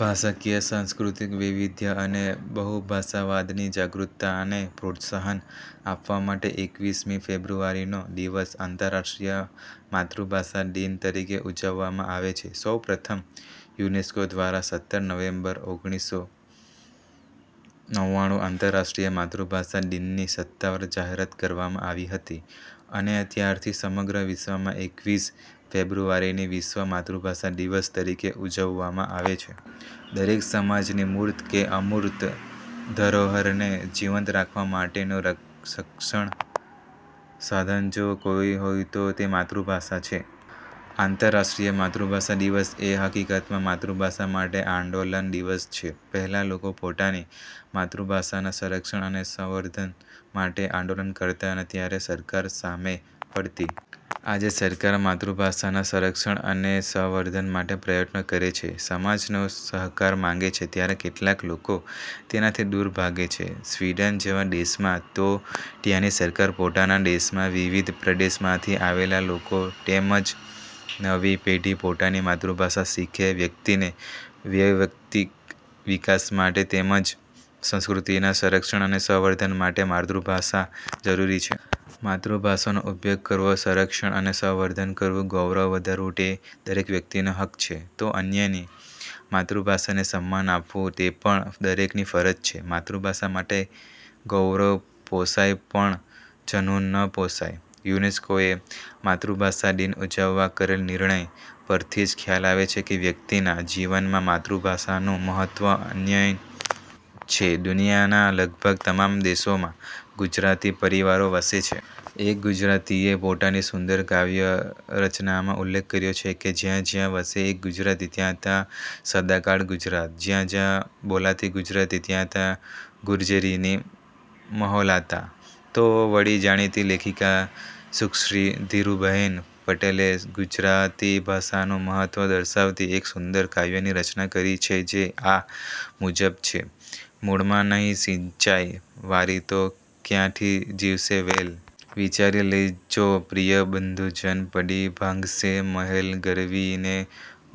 ભાષાકીય, સાંસ્કૃતિક વૈવિધ્ય અને બહુભાષાવાદની જાગૃતતાને પ્રોત્સાહન આપવા માટે એકવીસ મી ફેબ્રુઆરીનો દિવસ "આંતરરાષ્ટ્રીય માતૃભાષા દિન" તરીકે ઊજવવામાં આવે છે. સૌ પ્રથમ યુનેસ્કો દ્વારા સત્તર નવેમ્બર ઓગણીસો નવ્વાણું આંતરરાષ્ટ્રીય માતૃભાષા દિનની સત્તાવાર જાહેરાત કરવામાં આવી હતી અને ત્યારથી સમગ્ર વિશ્વમાં એકવીસ ફેબ્રુઆરીની 'વિશ્વ માતૃભાષા દિવસ' તરીકે ઉજવવામાં આવે છે. દરેક સમાજની મૂર્ત કે અમૂર્ત ધરોહરને જીવંત રાખવા માટેનું સક્ષણ સાધન જો કોઈ હોય તો તે માતૃભાષા છે. આંતરરાષ્ટ્રીય માતૃભાષા દિવસ એ હકીકતમાં માતૃભાષા માટે આંદોલન દિવસ છે. પહેલાં લોકો પોતાની માતૃભાષાના સંરક્ષણ અને સંવર્ધન માટે આંદોલન કરતાં અને ત્યારે સરકાર સામે પડતી. આજે સરકાર માતૃભાષાના સંરક્ષણ અને સંવર્ધન માટે પ્રયત્નો કરે છે. સમાજનો સહકાર માંગે છે ત્યારે કેટલાક લોકો તેનાથી દૂર ભાગે છે. સ્વિડન જેવા દેશમાં તો ત્યાંની સરકાર પોતાના દેશમાં વિવિધ પ્રદેશમાંથી આવેલા લોકો તેમ જ નવી પેઢી પોતાની માતૃભાષા શીખે વ્યક્તિને વેયક્તિક વિકાસ માટે તેમ જ સંસ્કૃતિના સંરક્ષણ અને સંવર્ધન માટે માતૃભાષા જરૂરી છે. માતૃભાષાનો ઉપયોગ કરવો, સંરક્ષણ અને સંવર્ધન કરવું, ગૌરવ વધારવું તે દરેક વ્યક્તિનો હક્ક છે, તો અન્યની માતૃભાષાને સન્માન આપવું તે પણ દરેકની ફરજ છે. માતૃભાષા માટે ગૌરવ પોષાય, પણ ઝનૂન ન પોષાય. યુનેસ્કોએ માતૃભાષાદિન ઉજવવા કરેલ નિર્ણય પરથી જ ખ્યાલ આવે છે કે, વ્યક્તિના જીવનમાં માતૃભાષાનું મહત્ત્વ અનન્ય છે દુનિયાનાં લગભગ તમામ દેશોમાં ગુજરાતી પરિવારો વસે છે. એક ગુજરાતીએ પોતાની સુંદર કાવ્ય રચનામાં ઉલ્લેખ કર્યો છે કે, જ્યાં જ્યાં વસે એક ગુજરાતી, ત્યાં ત્યાં સદાકાળ ગુજરાત.. જ્યાં જ્યાં બોલાતી ગુજરાતી, ત્યાં ત્યાં ગુર્જરીની મહોલાતા! તો વળી, જાણીતી લેખિકા સુશ્રી ધીરુબહેન પટેલે ગુજરાતી ભાષાનું મહત્ત્વ દર્શાવતી એક સુંદર કાવ્યની રચના કરી છે જે આ મુજબ છે: મૂળમાં નહીં સીંચાય વારિ તો ક્યાંથી જીવશે વેલ? વિચારી લેજો પ્રિય બંધુજન પડી ભાંગશે મહેલ, ગરવી ને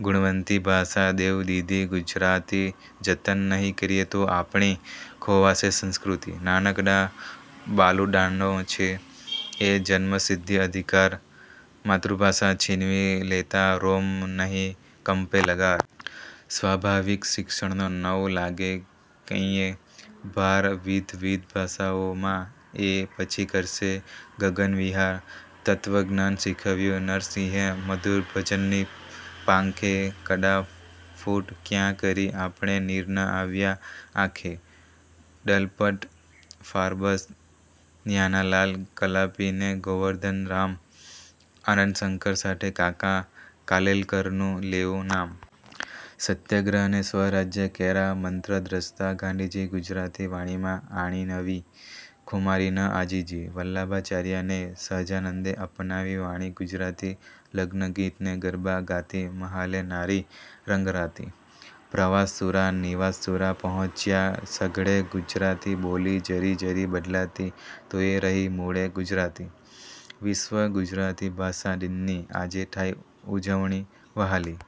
ગુણવંતી ભાષા દેવ દીધી ગુજરાતી જતન નહીં કરીએ તો આપણી ખોવાશે સંસ્કૃતિ. નાનકડાં બાલુડાંનો છે એ જન્મસિદ્ધ અધિકાર માતૃભાષા છીનવી લેતાં રોમ નહીં કંપે લગાર? સ્વાભાવિક શિક્ષણનો નવ લાગે કંઈયે ભાર વિધવિધ ભાષાઓમાં એ પછી કરશે ગગનવિહાર. તત્ત્વજ્ઞાન શીખવ્યું નરસિંહે મધુર ભજનની પાંખે કડાકૂટ ક્યાં કરી આપણે નીર ન આવ્યાં આંખે. દલપત ફાર્બસ ન્હાનાલાલ કલાપી ને ગોવર્ધનરામ આનંદશંકર સાથે કાકા કાલેલકરનું લેવું નામ. સત્યાગ્રહ ને સ્વરાજ્ય કેરા મંત્રદૃષ્ટા ગાંધીજી ગુજરાતી વાણીમાં આણી નવી ખુમારી ન આજીજી. વલ્લભાચાર્ય ને સહજાનંદે અપનાવી વાણી ગુજરાતી લગ્નગીત ને ગરબા ગાતી મહાલે નારી રંગરાતી. પ્રવાસશૂરા નિવાસશૂરા પહોંચ્યા સઘળે ગુજરાતી બોલી જરી જરી બદલાતી તોયે રહી મૂળે ગુજરાતી. વિશ્વ ગુજરાતી ભાષા દિનની આજે થાય ઉજવણી વહાલી